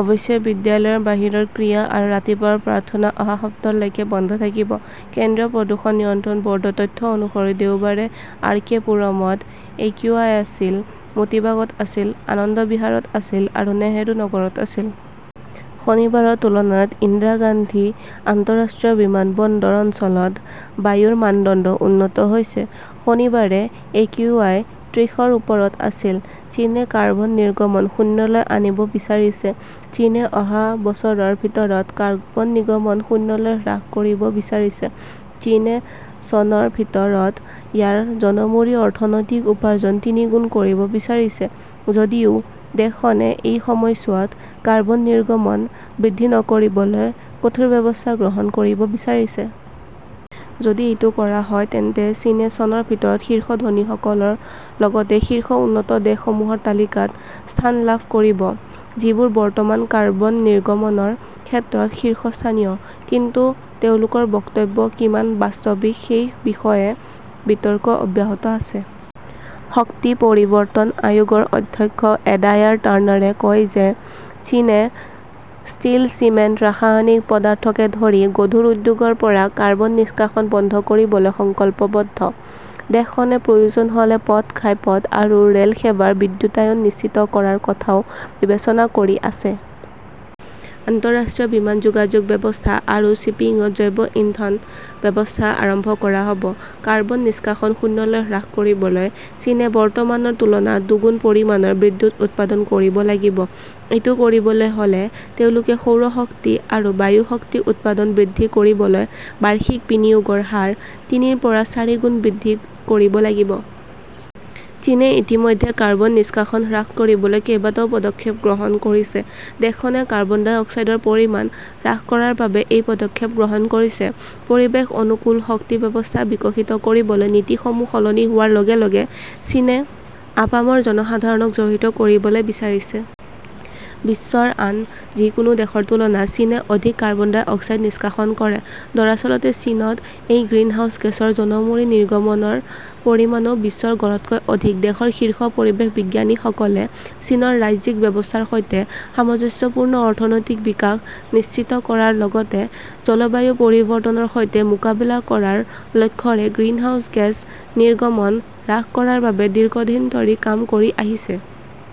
অৱশ্যে বিদ্যালয়ৰ বাহিৰৰ ক্ৰীড়া আৰু ৰাতিপুৱাৰ প্ৰাৰ্থনা অহা সপ্তাহলৈকে বন্ধ থাকিব। কেন্দ্ৰীয় প্ৰদূষণ নিয়ন্ত্ৰণ বৰ্ডৰ তথ্য অনুসৰি, দেওবাৰে আৰ. কে. পুৰমত একিউ. আই. আছিল, মোটিবাগত আছিল, আনন্দ বিহাৰত আছিল আৰু নেহৰু নগৰত আছিল। শনিবাৰৰ তুলনাত ইন্দিৰা গান্ধী আন্তঃৰাষ্ট্ৰীয় বিমানবন্দৰ অঞ্চলত বায়ুৰ মানদণ্ড উন্নত হৈছে। শনিবাৰে একিউআই ত্ৰিশৰ ওপৰত আছিল। চীনে কাৰ্বন নিৰ্গমন শূন্যলৈ আনিব বিচাৰিছে চীনে অহা বছৰৰ ভিতৰত কাৰ্বন নিৰ্গমন শূন্যলৈ হ্ৰাস কৰিব বিচাৰিছে। চীনে চনৰ ভিতৰত ইয়াৰ জনমূৰি অৰ্থনৈতিক উপাৰ্জন তিনিগুণ কৰিব বিচাৰিছে যদিও দেশখনে এই সময়ছোৱাত কাৰ্বন নিৰ্গমন বৃদ্ধি নকৰিবলৈ কঠোৰ ব্যৱস্থা গ্ৰহণ কৰিব বিচাৰিছে। যদি এইটো কৰা হয়, তেন্তে চীনে চনৰ ভিতৰত শীৰ্ষ ধনীসকলৰ লগতে শীৰ্ষ উন্নত দেশসমূহৰ তালিকাত স্থান লাভ কৰিব, যিবোৰ বৰ্তমান কাৰ্বন নিৰ্গমনৰ ক্ষেত্ৰত শীৰ্ষস্থানীয়। কিন্তু তেওঁলোকৰ বক্তব্য কিমান বাস্তৱিক সেই বিষয়ে বিতৰ্ক অব্যাহত আছে। শক্তি পৰিৱৰ্তন আয়োগৰ অধ্যক্ষ এডায়াৰ টাৰ্নাৰে কয় যে চীনে ষ্টীল, চিমেণ্ট, ৰাসায়নিক পদাৰ্থকে ধৰি গধুৰ উদ্যোগৰ পৰা কাৰ্বন নিষ্কাশন বন্ধ কৰিবলৈ সংকল্পবদ্ধ। দেশখনে প্ৰয়োজন হ'লে পথ, ঘাইপথ আৰু ৰে'ল সেৱাৰ বিদ্যুতায়ন নিশ্চিত কৰাৰ কথাও বিবেচনা কৰি আছে। আন্তঃৰাষ্ট্ৰীয় বিমান যোগাযোগ ব্যৱস্থা আৰু শ্বিপিংত জৈৱ ইন্ধন ব্যৱস্থা আৰম্ভ কৰা হ'ব। কাৰ্বন নিষ্কাশন শূন্যলৈ হ্ৰাস কৰিবলৈ চীনে বৰ্তমানৰ তুলনাত দুগুণ পৰিমাণৰ বিদ্যুৎ উৎপাদন কৰিব লাগিব। এইটো কৰিবলৈ হ'লে তেওঁলোকে সৌৰ শক্তি আৰু বায়ু শক্তি উৎপাদন বৃদ্ধি কৰিবলৈ বাৰ্ষিক বিনিয়োগৰ হাৰ তিনিৰ পৰা চাৰিগুণ বৃদ্ধি কৰিব লাগিব। চীনে ইতিমধ্যে কাৰ্বন নিষ্কাশন হ্ৰাস কৰিবলৈ কেইবাটাও পদক্ষেপ গ্ৰহণ কৰিছে। দেশখনে কাৰ্বন ডাই অক্সাইডৰ পৰিমাণ হ্ৰাস কৰাৰ বাবে এই পদক্ষেপ গ্ৰহণ কৰিছে। পৰিৱেশ-অনুকূল শক্তি ব্যৱস্থা বিকশিত কৰিবলৈ নীতিসমূহ সলনি হোৱাৰ লগে লগে চীনে আপামৰ জনসাধাৰণক জড়িত কৰিবলৈ বিচাৰিছে। বিশ্বৰ আন যিকোনো দেশৰ তুলনাত চীনে অধিক কাৰ্বন ডাই অক্সাইড নিষ্কাশন কৰে। দৰাচলতে, চীনত এই গ্ৰিনহাউজ গেছৰ জনমূৰি নিৰ্গমনৰ পৰিমাণও বিশ্বৰ গড়তকৈ অধিক। দেশৰ শীৰ্ষ পৰিৱেশ বিজ্ঞানীসকলে চীনৰ ৰাজ্যিক ব্যৱস্থাৰ সৈতে সামঞ্জস্যপূৰ্ণ অৰ্থনৈতিক বিকাশ নিশ্চিত কৰাৰ লগতে জলবায়ু পৰিৱৰ্তনৰ সৈতে মোকাবিলা কৰাৰ লক্ষ্যৰে গ্ৰিনহাউজ গেছ নিৰ্গমন হ্ৰাস কৰাৰ বাবে দীৰ্ঘদিন ধৰি কাম কৰি আহিছে।